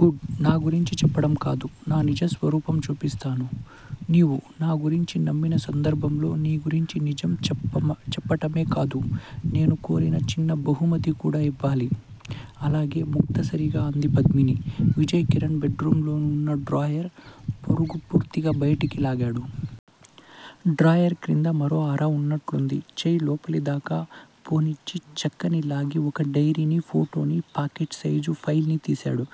Good. నా గురించి చెప్పటం కాదు. నా నిజస్వరూపం చూపిస్తాను. నీవు నా గురించి నమ్మిన సందర్భంలో నీ గురించి నిజం చెప్పటమే కాదు. నేను కోరిన చిన్న బహుమతి కూడా యివ్వాలి. అలాగే ముక్తసరిగ అంది పద్మిని. విజయ్ కిరణ్ బెడ్ రూములో వున్న డ్రాయర్ పొరుగు పూర్తిగా బయటికి లాగాడు. డ్రాయర్ క్రింద మరో అర వున్నట్లుంది. చేయి లోపలిదాక పోనిచ్చి చెక్కని లాగి ఒక డైరీని ఫోటోని పాకెట్ సైజు ఫైల్ ని తీశాడు.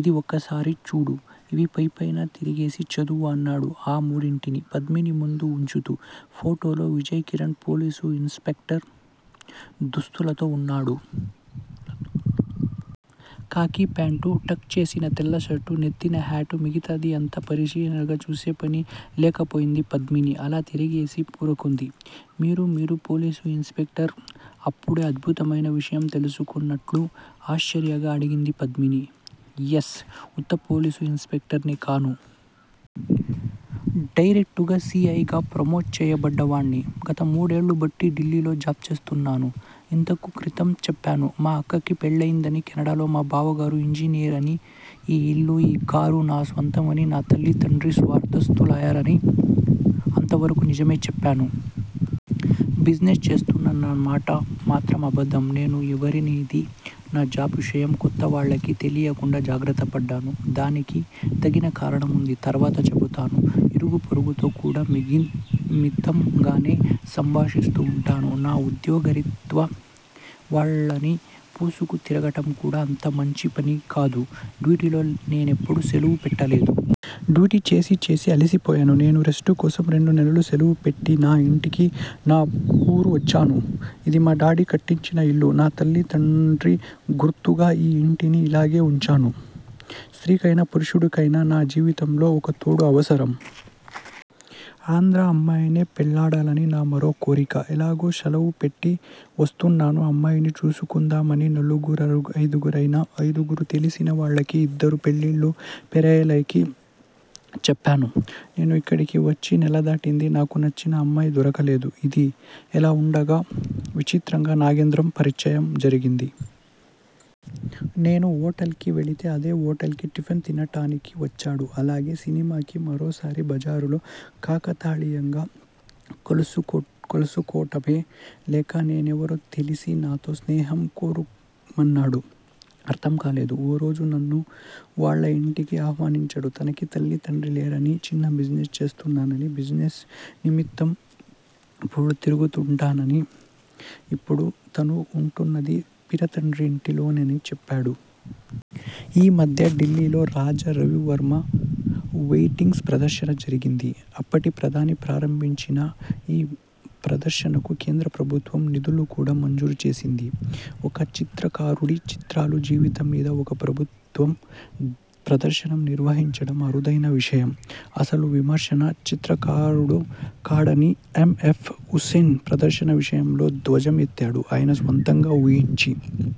ఇది ఒక్కసారి చూడు. ఇవి పైపైన తిరగేసి చదువు. అన్నాడు ఆ మూడింటిని పద్మిని ముందు వుంచుతూ. ఫోటోలో Vijay Kiran police inspector దుస్తులలో వున్నాడు. కాకీ ప్యాంటు టక్ చేసిన తెల్ల షర్టు నెత్తిన హ్యాటు మిగతావి అంత పరిశీలనగా చూసేపని లేకపోయింది పద్మిని. అలా తిరగేసి వూరుకుంది. మీరు మీరు పోలీసు ఇన్ స్పెక్టర్ అప్పుడే అద్భుతమైన విషయం తెలుసుకున్నట్లు ఆశ్చర్యంగా అడిగింది పద్మిని. ఎస్ ఉత్త పోలీసు ఇన్ స్పెక్టర్ ని కాను. డైరెక్టుగ సి. ఐ. గా ప్రమోట్ చేయబడ్డవాణ్ని. గతమూడేళ్ళబట్టి ఢిల్లీలో జాబ్ చేస్తున్నాను. ఇంతకు క్రితం చెప్పాను. మా అక్కకి పెళ్ళయిందని కెనడాలో మా బావగారు ఇంజనీర్ అని ఈ యిల్లు ఈ కారు నా సొంతం అని నా తల్లి తండ్రి స్వర్గస్తులయారని అంతవరకు నిజమే చెప్పాను. బిజినెస్ చేస్తున్నానన్నమాట మాత్రం అబద్ధం నేను ఎవరిననేది నా జాబ్ విషయం కొత్తవాళ్ళకి తెలియకుండా జాగ్రత్తపడ్డాను. దానికి తగిన కారణం వుంది తర్వాత చెబుతాను. ఇరుగు పొరుగుతో కూడా మితంగానే సంభాషిస్తూ వుంటాను. నా ఉద్యోగరీత్యా వాళ్ళనీ పూసుకు తిరగటం కూడా అంతమంచి పనికాదు. డ్యూటీలో నేనెప్పుడూ సెలవు పెట్టలేదు. డ్యూటీ చేసి చేసి అలసిపోయిన నేను రెస్టు కోసం రెండు నెలలు సెలవు పెట్టి నా యింటికి నా వూరు వచ్చాను. ఇది మా డాడీ కట్టించిన ఇల్లు. నా తల్లీ తండ్రి గుర్తుగా ఈ యింటిని ఇలాగే వుంచాను. స్త్రీకైనా పురుషుడికైనా నా జీవితంలో ఒకతోడు అవసరం. ఆంధ్రా అమ్మాయినే పెళ్ళాడాలని నా మరో కోరిక. ఎలాగూ శలవు పెట్టి వస్తున్నాను. అమ్మాయిని చూసుకుందామని నలుగురైదుగురు తెలిసిన వాళ్ళకి ఇద్దరు పెళ్ళిళ్ళ పేరయ్యలకి చెప్పాను. నేను ఇక్కడికి వచ్చి నెలదాటింది. నాకు నచ్చిన అమ్మాయి దొరకలేదు. ఇది యిలా వుండగా విచిత్రంగా నాగేంద్రం పరిచయం జరిగింది. నేను హోటల్ కి వెళితే అదే హోటల్ కి టిఫిన్ తినటానికి వచ్చాడు. అలాగే సినిమాకి. మరోసారి బజారులో కాకతాళీయంగా కలుసుకోటమో లేక నేనెవరో తెలిసి నాతో స్నేహం కోరుమన్నాడో అర్ధం కాలేదు. ఓరోజు నన్ను వాళ్ళ యింటికి ఆహ్వానించాడు. తనకి తల్లిదండ్రి లేరని చిన్న బిజినెస్ చేస్తున్నానని బిజినెస్ నిమిత్తం వూళ్ళు తిరుగుతుంటానని ఇప్పుడు తను వుంటున్నది పినతండ్రి ఇంటిలోనని చెప్పాడు. ఆ మధ్య ఢిల్లీలో రాజా రవివర్మ పెయింటింగ్స్ ప్రదర్శన జరిగింది. అప్పటి ప్రధాని ప్రారంభించిన ఆ ప్రదర్శనకు కేంద్ర ప్రభుత్వం నిధులు కూడా మంజూరు చేసింది. ఒక చిత్రకారుడి చిత్రాలు జీవితం మీద ఒక ప్రభుత్వం ప్రదర్శన నిర్వహించడం అరుదైన విషయం. అసలు విమర్శన చిత్రకారుడు కాడని ఎమ్. ఎఫ్. హుస్సేన్ ప్రదర్శన విషయంలో ధ్వజం ఎత్తాడు. ఆయన సొంతంగా ఊహించి